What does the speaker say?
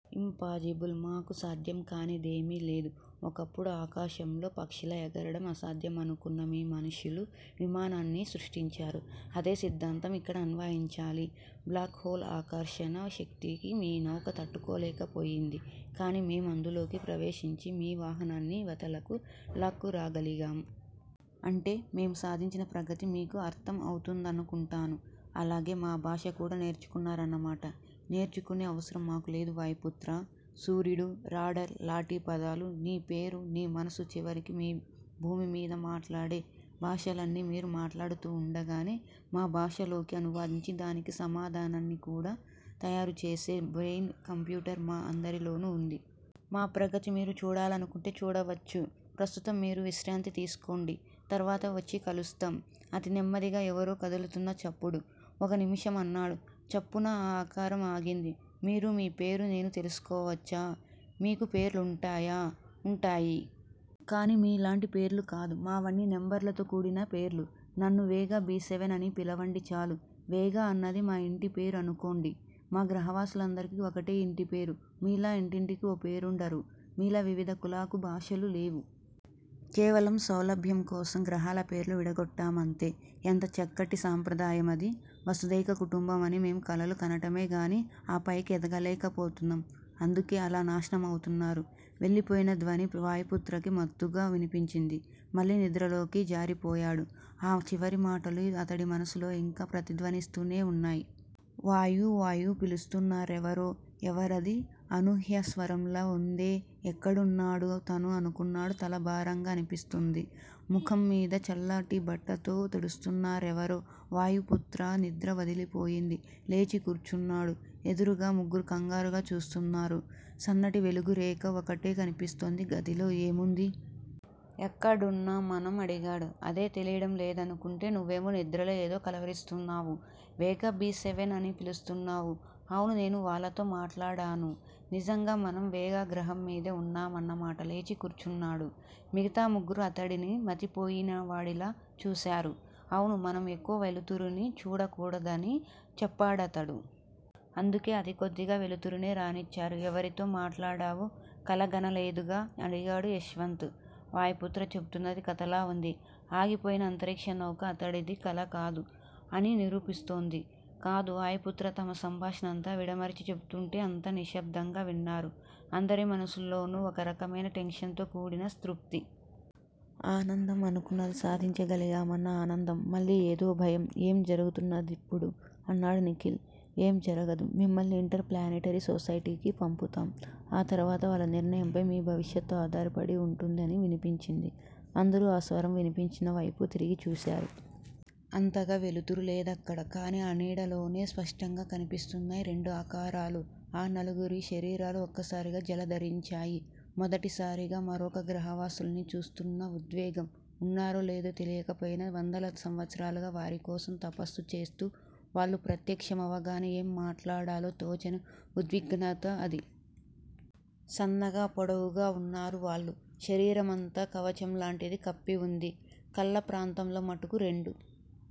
Impossible. మాకు సాధ్యం కానిదేమీ లేదు. ఒకప్పుడు ఆకాశంలో పక్షిలా ఎగరడం అసాధ్యమనుకున్న మీ మనుష్యులు విమానాన్ని సృష్టించారు. అదే సిద్దాంతం ఇక్కడ అన్వయించాలి. బ్లాక్ హోల్ ఆకర్షణ శక్తికి మీ నౌక తట్టుకోలేకపోయింది. కాని మేము అందులోకి ప్రవేశించి మీ వాహనాన్ని యివతలకు లాక్కురాగాలిగాం. అంటే మేము సాధించిన ప్రగతి మీకు అర్థం అవుతుందనుకుంటాను. అలాగే మా భాష కూడా నేర్చుకున్నారన్నమాట. నేర్చుకునే అవసరం మాకు లేదు వాయుపుత్రా. సూర్యుడు, రాడార్ లాటి పదాలు, నీ పేరు, నీ మనసు చివరికి మీ భూమి మీద మాట్లాడే భాషలన్నీ మీరు మాట్లాడుతూవుండగానే మా భాషలోకి అనువదించి దానికి సమాధానాన్ని కూడా తయారుచేసే బ్రెయిన్ కంప్యూటర్ మా అందరిలోనూ వుంది. మా ప్రగతి మీరు చూడాలనుకుంటే చూడవచ్చు. ప్రస్తుతం మీరు విశ్రాంతి తీసుకోండి. తర్వాత వచ్చి కలుస్తాం- అతి నెమ్మదిగా ఎవరో కదులుతున్న చప్పుడు. ఒక్క నిముషం అన్నాడు. చప్పున ఆ ఆకారం ఆగింది. మీరు మీ పేరు నేను తెలుసుకోవచ్చా? మీకు పేర్లు వుంటాయా? ఉంటాయి. కాని మీలాంటి పేర్లు కాదు. మావన్నీ నెంబర్లతో కూడిన పేర్లు. నన్ను వేగా బి సెవెన్ అని పిలవండి చాలు. వేగా అన్నది మా ఇంటిపేరు అనుకోండి. మా గ్రహవాసులందరికీ ఒకటే యింటి పేరు. మీలా ఇంటింటికీ ఓ పేరుండరు. మీలా వివిధ కులాకు, భాషలు లేవు. కేవలం సౌలభ్యం కోసం గ్రహాల పేర్లు విడగొట్టామంతే. ఎంత చక్కటి సాంప్రదాయం అది. వసుదైక కుటుంబం అని మేము కలలు కనటమేగాని ఆ పైకి ఎదగలేకపోతున్నాం. అందుకే అలా నాశనమవుతున్నారు వెళ్ళిపోయిన ధ్వని వాయుపుత్రకి మత్తుగా వినిపించింది. మళ్లీ నిద్రలోకి జారిపోయాడు. ఆ చివరి మాటలు అతడి మనసులో యింకా ప్రతిధ్వనిస్తూనే వున్నాయి. వాయూ, వాయూ పిలుస్తున్నారెవరో. ఎవరది? అనూహ్య స్వరంలా వుందే ఎక్కడున్నాడు తను? ' అనుకున్నాడు తల భారంగా అనిపిస్తుంది. ముఖంమీద చల్లటి బట్టతో తుడుస్తున్నారెవరో. వాయుపుత్ర నిద్ర వదిలిపోయింది. లేచి కూర్చున్నాడు. ఎదురుగా ముగ్గురూ కంగారుగా చూస్తున్నారు. సన్నటి వెలుగురేఖ ఒక్కటే కనిపిస్తుంది గదిలో, ఏముంది. ఎక్కడున్నాం మనం? అడిగాడు. అదే తెలియడం లేదనుకుంటే, నువ్వేమో నిద్రలో ఏదో కలవరిస్తూన్నావు. వేగా బి సెవెన్ అని పిలుస్తున్నావు. అవును నేను వాళ్ళతో మాట్లాడాను. నిజంగా మనం వేగా గ్రహంమీదే వున్నామన్నమాట లేచి కూర్చున్నాడు. మిగతా ముగ్గురూ అతడిని మతిపోయినవాడిలా చూశారు. అవును మనం ఎక్కువ వెలుతురుని చూడకూడదని చెప్పాడతడు. అందుకే అతి కొద్దిగా వెలుతురునే రానిచ్చారు. ఎవరితో మాట్లాడావు? కలగనలేదుకదా? అడిగాడు యశ్వంత్. వాయుపుత్ర చెపుతున్నది కథలా వుంది. ఆగిపోయిన అంతరిక్ష నౌక అతడిది కలకాదు- అని నిరూపిస్తూంది. కాదు వాయుపుత్ర తమ సంభాషణ అంతా విడమరచి చెపుతుంటే అంతా నిశ్భబ్దంగా విన్నారు. అందరి మనసుల్లోనూ ఒక రకమైన టెన్షన్ తో కూడిన తృప్తి. ఆనందం! అనుకున్నది సాధించగలిగామన్న ఆనందం. మళ్ళీ ఏదో భయం. ఏం జరుగుతున్నదిప్పుడు? అన్నాడు నిఖిల్. ఏమి జరగదు. మిమ్మల్ని ఇంటర్ ప్లానెటరీ సొసైటీకీ పంపుతాం. ఆ తర్వాత వాళ్ళ నిర్ణయంపై మీ భవిష్యత్తు ఆధారపడి వుంటుంది అని వినిపించింది. అందరూ ఆ స్వరం వినిపించినవైపు తిరిగి చూశారు. అంతగా వెలుతురు లేదక్కడ. కానీ ఆ నీడలోనే స్పష్టంగా కనిపిస్తున్నాయి రెండు ఆకారాలు. ఆ నలుగురి శరీరాలు ఒక్కసారిగా జలదరించాయి. మొదటిసారిగా మరొక గ్రహవాసుల్ని చూస్తున్న ఉద్వేగం!! ఉన్నారో లేదో తెలియక పోయినా, వందల సంవత్సరాలుగా వారికోసం 'తపస్సు' చేస్తూ, వాళ్ళు ప్రత్యక్షమవగానే ఏం మాట్లాడాలో తోచని ఉద్విగ్నత అది. సన్నగా పొడవుగా వున్నారు వాళ్ళు. శరీరమంతా కవచం లాంటిది కప్పి వుంది. కళ్ళ ప్రాంతంలో మటుకు రెండు